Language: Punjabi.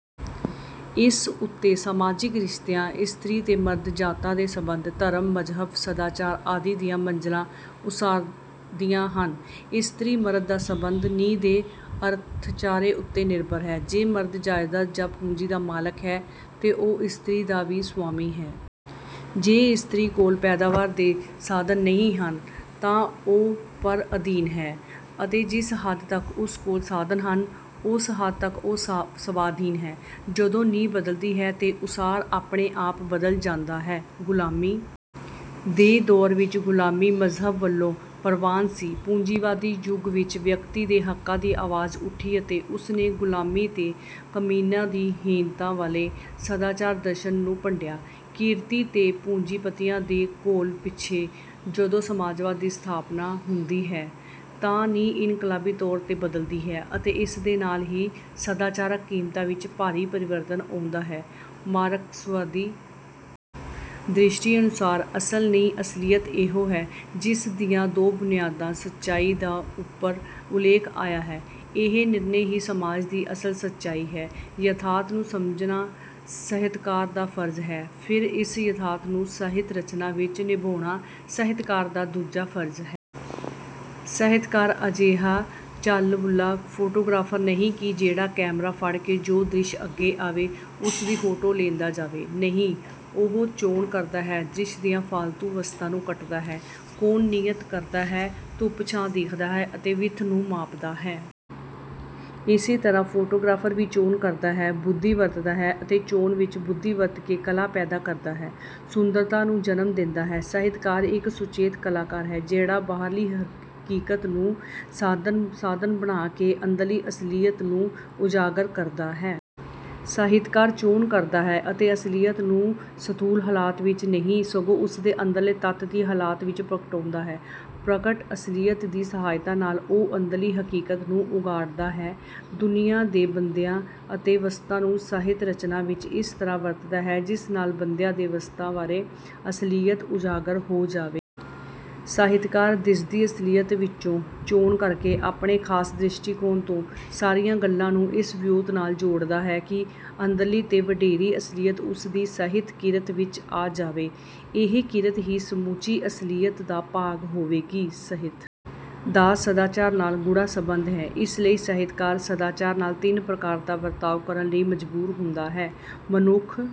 ਇਸ ਉੱਤੇ ਸਮਾਜਿਕ, ਰਿਸ਼ਤਿਆਂ, ਇਸਤਰੀ ਤੇ ਮਰਦ, ਜਾਤਾਂ ਦੇ ਸਬੰਧ, ਧਰਮ, ਮਜ਼ਹਬ, ਸਦਾਚਾਰ ਆਦਿ ਦੀਆਂ ਮੰਜ਼ਿਲਾਂ ਉਸਰਦੀਆਂ ਹਨ। ਇਸਤਰੀ-ਮਰਦ ਦਾ ਸਬੰਧ ਨੀਂਹ ਦੇ ਅਰਥਚਾਰੇ ਉੱਤੇ ਨਿਰਭਰ ਹੈ। ਜੇ ਮਰਦ ਜਾਇਦਾਦ ਜਾਂ ਪੂੰਜੀ ਦਾ ਮਾਲਕ ਹੈ ਤਾਂ ਉਹ ਇਸਤਰੀ ਦਾ ਵੀ ਸਵਾਮੀ ਹੈ। ਜੇ ਇਸਤਰੀ ਕੋਲ ਪੈਦਾਵਾਰ ਦੇ ਸਾਧਨ ਨਹੀਂ ਹਨ, ਤਾਂ ਉਹ ਪਰ-ਅਧੀਨ ਹੈ; ਅਤੇ ਜਿਸ ਹੱਦ ਤੱਕ ਉਸ ਕੋਲ ਸਾਧਨ ਹਨ, ਉਸ ਹੱਦ ਤੱਕ ਉਹ ਸਵਾਧੀਨ ਹੈ। ਜਦੋਂ ਨੀਂਹ ਬਦਲਦੀ ਹੈ ਤੇ ਉਸਾਰ ਆਪਣੇ ਆਪ ਬਦਲ ਜਾਂਦਾ ਹੈ। ਗੁਲਾਮੀ ਦੇ ਦੌਰ ਵਿੱਚ ਗੁਲਾਮੀ ਮਜ਼ਹਬ ਵੱਲੋਂ ਪ੍ਰਵਾਨ ਸੀ। ਪੂੰਜੀਵਾਦੀ ਯੁੱਗ ਵਿੱਚ ਵਿਅਕਤੀ ਦੇ ਹੱਕਾਂ ਦੀ ਆਵਾਜ਼ ਉੱਠੀ ਅਤੇ ਉਸ ਨੇ ਗੁਲਾਮੀ ਤੇ ਕਮੀਣਾਂ ਦੀ ਹੀਣਤਾ ਵਾਲੇ ਸਦਾਚਾਰ ਦਰਸ਼ਨ ਨੂੰ ਭੰਡਿਆ। ਕਿਰਤੀ ਤੇ ਪੂੰਜੀਪਤੀਆਂ ਦੇ ਘੋਲ ਪਿੱਛੇ ਜਦੋਂ ਸਮਾਜਵਾਦ ਦੀ ਸਥਾਪਨਾ ਹੁੰਦੀ ਹੈ, ਤਾਂ ਨੀਂਹ ਇਨਕਲਾਬੀ ਤੌਰ 'ਤੇ ਬਦਲਦੀ ਹੈ ਅਤੇ ਇਸ ਦੇ ਨਾਲ ਹੀ ਸਦਾਚਾਰਕ ਕੀਮਤਾਂ ਵਿੱਚ ਭਾਰੀ ਪਰਿਵਰਤਨ ਆਉਂਦਾ ਹੈ। ਮਾਰਕਸਵਾਦੀ ਦ੍ਰਿਸ਼ਟੀ ਅਨੁਸਾਰ ਅਸਲ ਨੀਂਹ-ਅਸਲੀਅਤ ਇਹੋ ਹੈ, ਜਿਸ ਦੀਆਂ ਦੋ ਬੁਨਿਆਦਾ ਸੱਚਾਈਆਂ ਦਾ ਉੱਪਰ ਉਲੇਖ ਆਇਆ ਹੈ। ਇਹ ਨਿਰਣਾ ਹੀ ਸਮਾਜ ਦੀ ਅਸਲ ਸੱਚਾਈ ਹੈ। ਯਥਾਰਥ ਨੂੰ ਸਮਝਣਾ ਸਾਹਿਤਕਾਰ ਦਾ ਫਰਜ਼ ਹੈ, ਫਿਰ ਇਸ ਯਥਾਰਥ ਨੂੰ ਸਾਹਿਤ-ਰਚਨਾ ਵਿੱਚ ਨਿਭਾਉਣਾ ਸਾਹਿਤਕਾਰ ਦਾ ਦੂਜਾ ਫਰਜ਼ ਹੈ। ਸਾਹਿਤਕਾਰ ਅਜਿਹਾ ਝੱਲ-ਵੱਲ੍ਹਾ ਫੋਟੋਗ੍ਰਾਫਰ ਨਹੀਂ ਕਿ ਜਿਹੜਾ ਕੈਮਰਾ ਫੜ ਕੇ ਜੋ ਦ੍ਰਿਸ਼ ਅੱਗੇ ਆਵੇ, ਉਸ ਦੀ ਫੋਟੋ ਲੈਂਦਾ ਜਾਵੇ। ਨਹੀਂ, ਉਹ ਚੋਣ ਕਰਦਾ ਹੈ, ਦ੍ਰਿਸ਼ ਦੀਆਂ ਫਾਲਤੂ ਵਸਤਾਂ ਨੂੰ ਕੱਟਦਾ ਹੈ, ਕੋਣ ਨੀਅਤ ਕਰਦਾ ਹੈ, ਧੁੱਪ-ਛਾਂ ਦੇਖਦਾ ਹੈ ਅਤੇ ਵਿੱਥ ਨੂੰ ਮਾਪਦਾ ਹੈ। ਇਸ ਤਰ੍ਹਾਂ ਫੋਟੋਗ੍ਰਾਫਰ ਵੀ ਚੋਣ ਕਰਦਾ ਹੈ, ਬੁੱਧੀ ਵਰਤਦਾ ਹੈ ਅਤੇ ਚੋਣ ਵਿੱਚ ਬੁੱਧੀ ਵਰਤ ਕੇ ਕਲਾ ਪੈਦਾ ਕਰਦਾ ਹੈ, ਸੁੰਦਰਤਾ ਨੂੰ ਜਨਮ ਦਿੰਦਾ ਹੈ। ਸਾਹਿਤਕਾਰ ਇੱਕ ਸੁਚੇਤ ਕਲਾਕਾਰ ਹੈ, ਜਿਹੜਾ ਬਾਹਰਲੀ ਹਕੀਕਤ ਨੂੰ ਸਾਧਨ ਬਣਾ ਕੇ ਅੰਦਰਲੀ ਅਸਲੀਅਤ ਨੂੰ ਉਜਾਗਰ ਕਰਦਾ ਹੈ। ਸਾਹਿਤਕਾਰ ਚੋਣ ਕਰਦਾ ਹੈ ਅਤੇ ਅਸਲੀਅਤ ਨੂੰ ਸਥੂਲ ਹਾਲਤ ਵਿੱਚ ਨਹੀਂ, ਸਗੋਂ ਉਸ ਦੇ ਅੰਦਰਲੇ ਤੱਤ ਦੀ ਹਾਲਤ ਵਿੱਚ ਪ੍ਰਗਟਾਉਂਦਾ ਹੈ। ਪ੍ਰਗਟ ਅਸਲੀਅਤ ਦੀ ਸਹਾਇਤਾ ਨਾਲ ਉਹ ਅੰਦਰਲੀ ਹਕੀਕਤ ਨੂੰ ਉਘਾੜਦਾ ਹੈ। ਦੁਨੀਆ ਦੇ ਬੰਦਿਆਂ ਅਤੇ ਵਸਤਾਂ ਨੂੰ ਸਾਹਿਤ-ਰਚਨਾ ਵਿੱਚ ਇਸ ਤਰ੍ਹਾਂ ਵਰਤਦਾ ਹੈ, ਜਿਸ ਨਾਲ ਬੰਦਿਆਂ ਤੇ ਵਸਤਾਂ ਬਾਰੇ ਅਸਲੀਅਤ ਉਜਾਗਰ ਹੋ ਜਾਵੇ। ਸਾਹਿਤਕਾਰ ਦਿਸਦੀ ਅਸਲੀਅਤ ਵਿੱਚੋਂ ਚੋਣ ਕਰਕੇ ਆਪਣੇ ਖਾਸ ਦ੍ਰਿਸ਼ਟੀਕੋਣ ਤੋਂ ਸਾਰੀਆਂ ਗੱਲਾਂ ਨੂੰ ਇਸ ਵਿਉਂਤ ਨਾਲ ਜੋੜਦਾ ਹੈ ਕਿ ਅੰਦਰਲੀ ਤੇ ਵਡੇਰੀ ਅਸਲੀਅਤ ਉਸ ਦੀ ਸਾਹਿਤ-ਕਿਰਤ ਵਿੱਚ ਆ ਜਾਵੇ। ਇਹ ਕਿਰਤ ਹੀ ਸਮੁੱਚੀ ਅਸਲੀਅਤ ਦਾ ਭਾਗ ਹੋਵੇਗੀ। ਸਾਹਿਤ ਦਾ ਸਦਾਚਾਰ ਨਾਲ ਗੂੜ੍ਹਾ ਸਬੰਧ ਹੈ। ਇਸ ਲਈ ਸਾਹਿਤਕਾਰ ਸਦਾਚਾਰ ਨਾਲ ਤਿੰਨ ਪ੍ਰਕਾਰ ਦਾ ਵਰਤਾਓ ਕਰਨ ਲਈ ਮਜ਼ਬੂਰ ਹੁੰਦਾ ਹੈ ਮਨੁੱਖ...